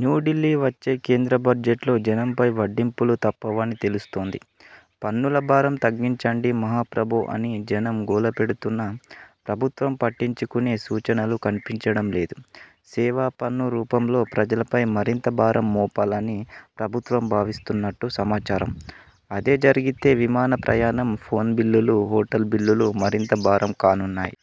న్యూఢిల్లీ వచ్చే కేంద్ర బడ్జెట్లో జనంపై వడ్డింపులు తప్పవని తెలుస్తోంది. పన్నుల భారం తగ్గించండి మహాప్రభో అని జనం గోల పెడుతున్నా ప్రభుత్వం పట్టించుకునే సూచనలు కనిపించడం లేదు. సేవా పన్ను రూపంలో ప్రజలపై మరింత భారం మోపాలని ప్రభుత్వం భావిస్తున్నట్టు సమాచారం. అదే జరిగితే విమాన ప్రయాణం, ఫోన్ బిల్లులు, హోటల్ బిల్లులు మరింత భారం కానున్నాయి.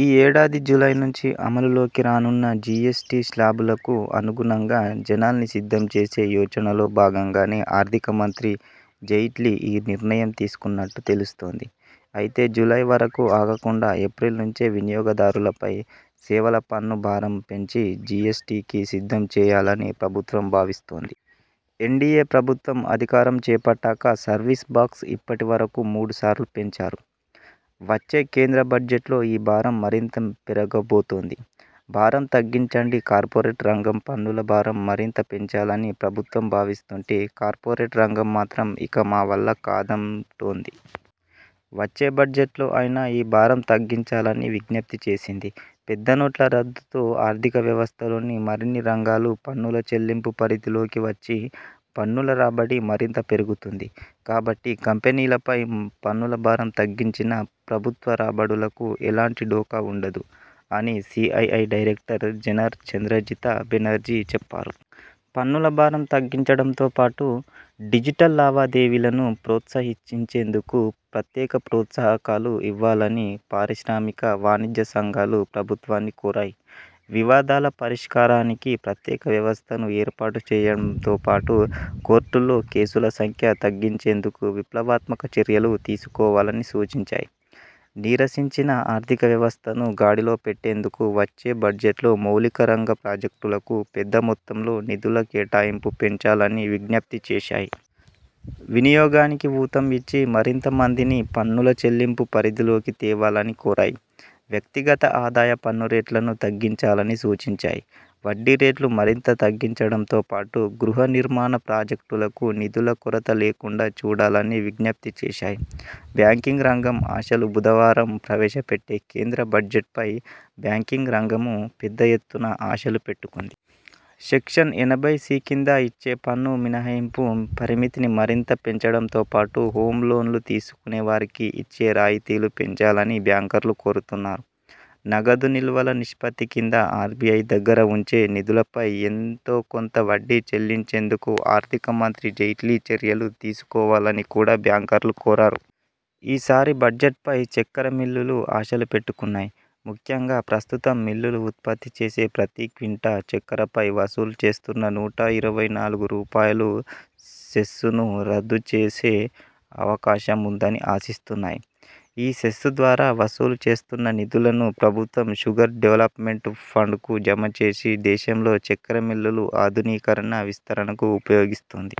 ఈ ఏడాది జూలై నుంచి అమలులోకి రానున్న జి ఎస్ టి శ్లాబులకు అనుగుణంగా జనాల్ని సిద్ధం చేసే యోచనలో భాగంగానే ఆర్థిక మంత్రి జైట్లీ ఈ నిర్ణయం తీసుకున్నట్టు తెలుస్తోంది. అయితే జూలై వరకు ఆగకుండా ఏప్రిల్ నుంచే వినియోగదారులపై సేవల పన్ను భారం పెంచి జి ఎస్ టి కి సిద్ధం చేయాలని ప్రభుత్వం భావిస్తోంది. ఎన్డిఎ ప్రభుత్వం అధికారం చేపట్టాక సర్వీస్ టాక్స్ ఇప్పటి వరకు మూడుసార్లు పెంచారు. వచ్చే కేంద్ర బడ్జెట్లో ఈ భారం మరింత పెరగబోతోంది. భారం తగ్గించండి కార్పొరేట్ రంగంపన్నుల భారం మరింత పెంచాలని ప్రభుత్వం భావిస్తుంటే కార్పొరేట్ రంగం మాత్రం ఇక మా వల్ల కాదంటోంది. వచ్చే బడ్జెట్లో అయినా ఈ భారం తగ్గించాలని విజ్ఞపి చేసింది. 'పెద్ద నోట్ల రద్దుతో ఆర్థిక వ్యవస్థలోని మరిన్ని రంగాలు పన్నుల చెల్లింపు పరిధిలోకి వచ్చి, పన్నుల రాబడి మరింత పెరుగుతుంది. కాబట్టి కంపెనీలపై పన్నుల భారం తగ్గించినా ప్రభుత్వ రాబడులకు ఎలాంటి ఢోకా ఉండదు' అని CII director general Chandrajit Banerjee చెప్పారు. పన్నుల భారం తగ్గించడంతో పాటు డిజిటల్ లావాదేవీలను ప్రోత్సహించేందుకు ప్రత్యేక ప్రోత్సాహకాలు ఇవ్వాలని పారిశ్రామిక, వాణిజ్య సంఘాలు ప్రభుత్వాన్ని కోరాయి. వివాదాల పరిష్కారానికి ప్రత్యేక వ్యవస్థను ఏర్పాటు చేయడంతో పాటు కోర్టుల్లో కేసుల సంఖ్య తగ్గించేందుకు విప్లవాత్మక చర్యలు తీసుకోవాలని సూచించాయి. నీరసించిన ఆర్థిక వ్యవస్థను గాడిలో పెట్టేందుకు వచ్చే బడ్జెట్లో మౌలిక రంగ ప్రాజెక్టులకు పెద్ద మొత్తంలో నిధుల కేటాయింపు పెంచాలని విజ్ఞప్తి చేశాయి. వినియోగానికి ఊతం ఇచ్చి, మరింత మందిని పన్నుల చెల్లింపు పరిధిలోకి తేవాలని కోరాయి. వ్యక్తిగత ఆదాయ పన్ను రేట్లనూ తగ్గించాలని సూచించాయి. వడ్డీ రేట్లు మరింత తగ్గించడంతో పాటు గృహ నిర్మాణ ప్రాజెక్టులకు నిధుల కొరత లేకుండా చూడాలని విజ్ఞప్తి చేశాయి. బ్యాంకింగ్ రంగం ఆశలు బుధవారం ప్రవేశపెట్టే కేంద్ర బడ్జెట్పై బ్యాంకింగ్ రంగమూ పెద్ద ఎత్తున ఆశలు పెట్టుకుంది. సెక్షన్ ఎనభై సి కింద ఇచ్చే పన్ను మినహాయింపు పరిమితిని మరింత పెంచడంతోపాటు, హోమ్ లోన్లు తీసుకునే వారికి ఇచ్చే రాయితీలు పెంచాలని బ్యాంకర్లు కోరుతున్నారు. నగదు నిల్వల నిష్పత్తి కింద ఆర్బిఐ దగ్గర ఉంచే నిధులపై ఎంతో కొంత వడ్డీ చెల్లించేందుకు ఆర్థిక మంత్రి జైట్లీ చర్యలు తీసుకోవాలని కూడా బ్యాంకర్లు కోరారు. ఈసారి బడ్జెట్పై చక్కెర మిల్లులూ ఆశలు పెట్టుకున్నాయి. ముఖ్యంగా ప్రస్తుతం మిల్లులు ఉత్పత్తి చేసే ప్రతి క్వింటా చక్కెరపై వసూలు చేస్తున్న నూట ఇరవై నాలుగు రూపాయలు సెస్సును రద్దు చేసే అవకాశం ఉందని ఆశిస్తున్నాయి. ఈ సెస్సు ద్వారా వసూలు చేస్తున్న నిధులను ప్రభుత్వం షుగర్ డెవల్పమెంట్ ఫండ్కు జమ చేసి దేశంలో చక్కెర మిల్లుల ఆధునికీకరణ, విస్తరణకు ఉపయోగిస్తోంది.